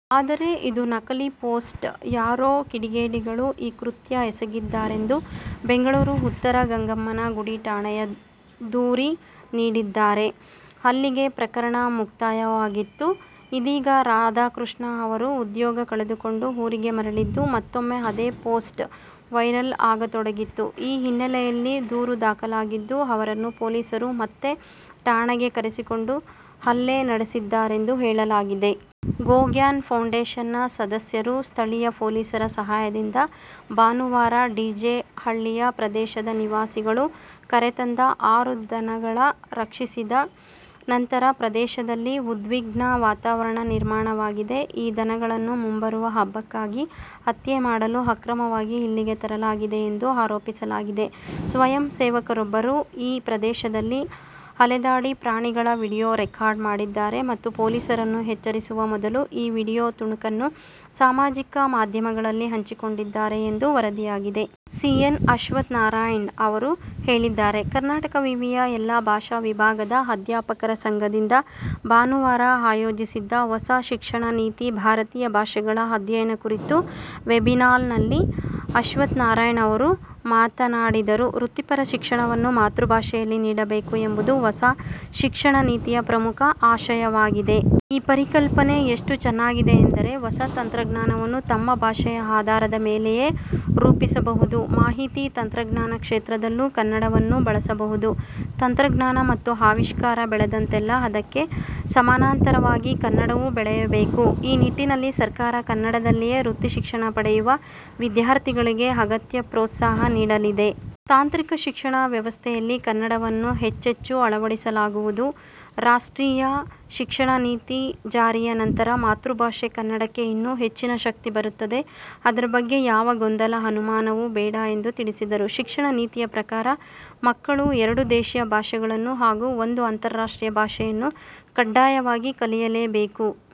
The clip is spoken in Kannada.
ಆದರೆ, ಇದು ನಕಲಿ ಪೋಸ್ಟ್ ಯಾರೋ ಕಿಡಿಗೇರಿಗಳು ಈ ಕೃತ್ಯ ಎಸಗಿದ್ದಾರೆಂದು ಬೆಂಗಳೂರು ಉತ್ತರ ಗಂಗಮ್ಮನ ಗುಡಿ ಠಾಣೆಗೆ ದೂರಿ ನೀಡಿದ್ದರು. ಅಲ್ಲಿಗೆ ಪ್ರಕರಣ ಮುಕ್ತಾಯವಾಗಿತ್ತು. ಇದೀಗ ರಾಧಾಕೃಷ್ಣ ಅವರು ಉದ್ಯೋಗ ಕಳೆದುಕೊಂಡು ಊರಿಗೆ ಮರಳಿದ್ದು, ಮತ್ತೊಮ್ಮೆ ಅದೇ ಪೋಸ್ಟ್ ವೈರಲ್ ಆಗತೊಡಗಿತ್ತು. ಈ ಹಿನ್ನೆಲೆಯಲ್ಲಿ ದೂರು ದಾಖಲಾಗಿದ್ದು, ಅವರನ್ನು ಪೊಲೀಸರು ಮತ್ತೆ ಠಾಣೆಗೆ ಕರೆಸಿಕೊಂಡು ಹಲ್ಲೆ ನಡೆಸಿದ್ದಾರೆಂದು ಹೇಳಲಾಗಿದೆ. ಗೋ ಗ್ಯಾನ್ ಫೌಂಡೇಶನ್ನ ಸದಸ್ಯರು ಸ್ಥಳೀಯ ಪೊಲೀಸರ ಸಹಾಯದಿಂದ ಭಾನುವಾರ ಡಿಜೆ ಹಳ್ಳಿಯ ಪ್ರದೇಶದ ನಿವಾಸಿಗಳು ಕರೆತಂದ ಆರು ದನಗಳ ರಕ್ಷಿಸಿದ ನಂತರ ಪ್ರದೇಶದಲ್ಲಿ ಉದ್ವಿಗ್ನ ವಾತಾವರಣ ನಿರ್ಮಾಣವಾಗಿದೆ. ಈ ದನಗಳನ್ನು ಮುಂಬರುವ ಹಬ್ಬಕ್ಕಾಗಿ ಹತ್ಯೆ ಮಾಡಲು ಅಕ್ರಮವಾಗಿ ಇಲ್ಲಿಗೆ ತರಲಾಗಿದೆ ಎಂದು ಆರೋಪಿಸಲಾಗಿದೆ. ಸ್ವಯಂಸೇವಕರೊಬ್ಬರು ಈ ಪ್ರದೇಶದಲ್ಲಿ ಅಲೆದಾಡಿ ಪ್ರಾಣಿಗಳ ವಿಡಿಯೋ ರೆಕಾರ್ಡ್ ಮಾಡಿದ್ದಾರೆ ಮತ್ತು ಪೊಲೀಸರನ್ನು ಎಚ್ಚರಿಸುವ ಮೊದಲು ಆ ವಿಡಿಯೋ ತುಣುಕನ್ನು ಸಾಮಾಜಿಕ ಮಾಧ್ಯಮದಲ್ಲಿ ಹಂಚಿಕೊಂಡಿದ್ದಾರೆ ಎಂದು ವರದಿಯಾಗಿದೆ. ಸಿ. ಎನ್. ಅಶ್ವತ್ಥನಾರಾಯಣ್ ಅವರು ಹೇಳಿದ್ದಾರೆ. ಕರ್ನಾಟಕ ವಿವಿಯ ಎಲ್ಲಾ ಭಾಷಾ ವಿಭಾಗದ ಅಧ್ಯಾಪಕರ ಸಂಘದಿಂದ ಭಾನುವಾರ ಆಯೋಜಿಸಿದ್ದ ಹೊಸ ಶಿಕ್ಷಣ ನೀತಿ-ಭಾರತೀಯ ಭಾಷೆಗಳ ಅಧ್ಯಯನ ಕುರಿತ ವೆಬಿನಾಲ್ ನಲ್ಲಿ ಅಶ್ವತ್ಥ ನಾರಾಯಣ್ ಅವರು ಮಾತನಾಡಿದರು. ವೃತ್ತಿಪರ ಶಿಕ್ಷಣವನ್ನು ಮಾತೃಭಾಷೆಯಲ್ಲಿ ನೀಡಬೇಕು ಎಂಬುದು ಹೊಸ ಶಿಕ್ಷಣ ನೀತಿಯ ಪ್ರಮುಖ ಆಶಯವಾಗಿದೆ. ಈ ಪರಿಕಲ್ಪನೆ ಎಷ್ಟು ಚೆನ್ನಾಗಿದೆ ಎಂದರೆ ಹೊಸ ತಂತ್ರಜ್ಞಾನವನ್ನು ತಮ್ಮ ಭಾಷೆಯ ಆಧಾರದ ಮೇಲೆಯೇ ರೂಪಿಸಬಹುದು. ಮಾಹಿತಿ ತಂತ್ರಜ್ಞಾನ ಕ್ಷೇತ್ರದಲ್ಲೂ ಕನ್ನಡವನ್ನು ಬಳಸಬಹುದು. ತಂತ್ರಜ್ಞಾನ ಮತ್ತು ಆವಿಷ್ಕಾರ ಬೆಳೆದಂತೆಲ್ಲ ಅದಕ್ಕೆ ಸಮಾನಾಂತರವಾಗಿ ಕನ್ನಡವೂ ಬೆಳೆಯಬೇಕು. ಈ ನಿಟ್ಟಿನಲ್ಲಿ ಸರ್ಕಾರ ಕನ್ನಡದಲ್ಲಿಯೇ ವೃತ್ತಿಶಿಕ್ಷಣ ಪಡೆಯುವ ವಿದ್ಯಾರ್ಥಿಗಳಿಗೆ ಅಗತ್ಯ ಪೋತ್ಸಾಹ ನೀಡಲಿದೆ. ತಾಂತ್ರಿಕ ಶಿಕ್ಷಣ ವ್ಯವಸ್ಥೆಯಲ್ಲಿ ಕನ್ನಡವನ್ನು ಹೆಚ್ಚೆಚ್ಚು ಅಳವಡಿಸಲಾಗುವುದು. ರಾಷ್ಟ್ರೀಯ ಶಿಕ್ಷಣ ನೀತಿ ಜಾರಿಯ ನಂತರ ಮಾತೃಭಾಷೆ ಕನ್ನಡಕ್ಕೆ ಇನ್ನೂ ಹೆಚ್ಚಿನ ಶಕ್ತಿ ಬರುತ್ತದೆ. ಅದರ ಬಗ್ಗೆ ಯಾವ ಗೊಂದಲ, ಅನುಮಾನವೂ ಬೇಡ ಎಂದು ತಿಳಿಸಿದರು. ಶಿಕ್ಷಣ ನೀತಿಯ ಪ್ರಕಾರ ಮಕ್ಕಳು ಎರಡು ದೇಶಿಯ ಭಾಷೆಗಳನ್ನು ಹಾಗೂ ಒಂದು ಅಂತಾರಾಷ್ಟ್ರೀಯ ಭಾಷೆಯನ್ನು ಕಡ್ಡಾಯವಾಗಿ ಕಲಿಯಲೇಬೇಕು.